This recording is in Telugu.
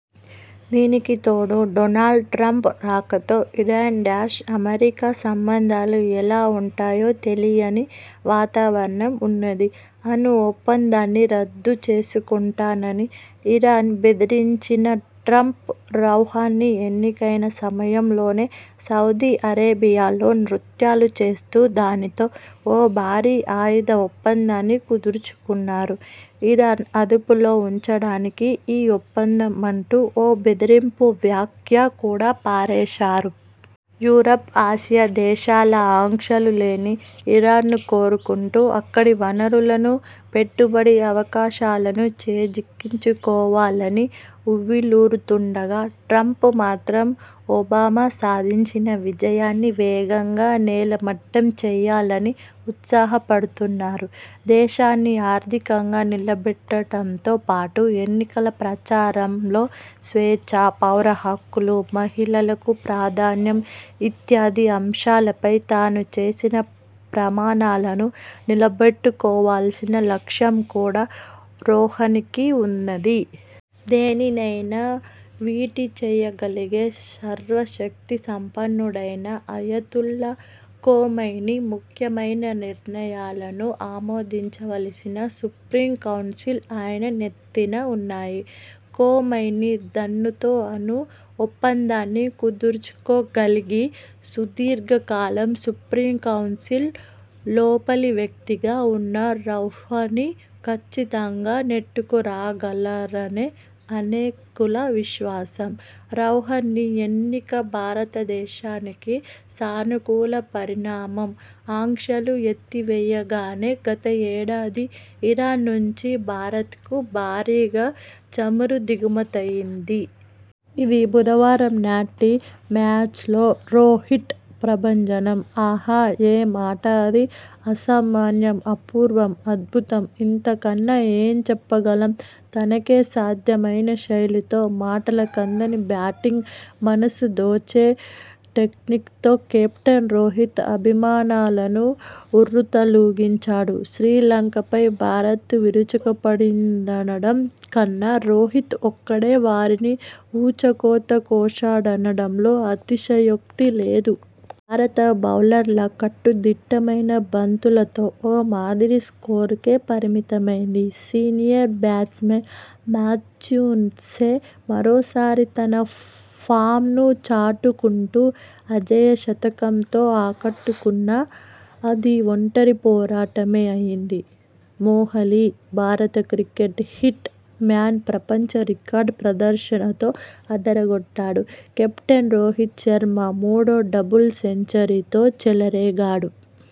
దీనికి తోడు డొనాల్డ్ ట్రంప్ రాకతో, ఇరాన్–అమెరికా సంబంధాలు ఎలా ఉంటాయో తెలియని వాతావరణం ఉన్నది. అణు ఒప్పందాన్ని రద్దుచేసుకుంటానని ఇరాన్ బెదిరించిన ట్రంప్, రౌహానీ ఎన్నికైన సమయంలోనే సౌదీ అరేబియాలో నృత్యాలు చేస్తూ దానితో ఓ భారీ ఆయుధ ఒప్పందాన్ని కుదర్చుకున్నారు. ఇరాన్ అదుపులో ఉంచడానికి ఈ ఒప్పందం అంటూ ఓ బెదిరింపు వ్యాఖ్య కూడా పారేశారు. యూరప్, ఆసియా దేశాల ఆంక్షలు లేని ఇరాను కోరుకుంటూ అక్కడి వనరులను, పెట్టుబడి అవకాశాలను చేజిక్కించుకోవాలని ఉవ్విళ్ళూరుతుండగా, ట్రంప్ మాత్రం ఒబామా సాధించిన విజయాన్ని వేగంగా నేలమట్టం చేయాలని ఉత్సాహపడుతున్నారు. దేశాన్ని ఆర్థికంగా నిలబెట్టటంతో పాటు, ఎన్నికల ప్రచారంలో స్వేచ్ఛ, పౌరహక్కులు, మహిళలకు ప్రాధాన్యం ఇత్యాది అంశాలపై తాను చేసిన ప్రమాణాలను నిలబెట్టుకోవాల్సిన లక్ష్యం కూడా రోహానికి ఉన్నది. దేనినైనా వీటి చేయగలిగే సర్వశక్తిసంపన్నుడైన అయతుల్లా ఖొమైనీ, ముఖ్యమైన నిర్ణయాలను ఆమోదించవలసిన సుప్రీంకౌన్సిల్ ఆయన నెత్తిన ఉన్నాయి. ఖొమైనీ దన్నుతో అణుఒప్పందాన్ని కుదర్చుకోగలిగి, సుదీర్ఘకాలం సుప్రీంకౌన్సిల్ లోపలివ్యక్తిగా ఉన్న రౌహానీ కచ్చితంగా నెట్టుకురాగలరనే అనేకుల విశ్వాసం. రౌహానీ ఎన్నిక భారతదేశానికి సానుకూల పరిణామం. ఆంక్షలు ఎత్తివేయగానే గత ఏడాది ఇరాన్ నుంచి భారత్కు భారీగా చమురు దిగుమతయ్యింది. ఇదీ బుధవారం నాటి మ్యాచ్లో రో'హిట్' ప్రభంజనం. ఆహా ఏం ఆట అది అసామాన్యం అపూర్వం అద్భుతం. ఇంతకన్నా ఏం చెప్పగలం. తనకే సాధ్యమైన శైలితో మాటలకందని బ్యాటింగ్ మనసు దోచే టెక్నిక్తో కెప్టెన్ రోహిత్ అభిమానాలను ఉర్రూతలూగించాడు. శ్రీలంకపై భారత్ విరుచుకుపడిందనడం కన్నా రోహిత్ ఒక్కడే వారిని ఊచకోత కోశాడనడంలో అతిశయోక్తి లేదు. భారత బౌలర్ల కట్టుదిట్టమైన బంతులతో ఓ మాదిరి స్కోరుకే పరిమితమైంది. సీనియర్ బ్యాట్స్మన్ మాచూన్సె మరోసారి తన ఫామ్ను చాటుకుంటూ అజేయ శతకంతో ఆకట్టుకున్నా అది ఒంటరి పోరాటమే అయ్యింది. మొహాలీ: భారత క్రికెట్ 'హిట్'మ్యాన్ ప్రపంచ రికార్డు ప్రదర్శనతో అదరగొట్టాడు. కెప్టెన్ రోహిత్ శర్మ మూడో డబుల్ సెంచరీతో చెలరేగాడు.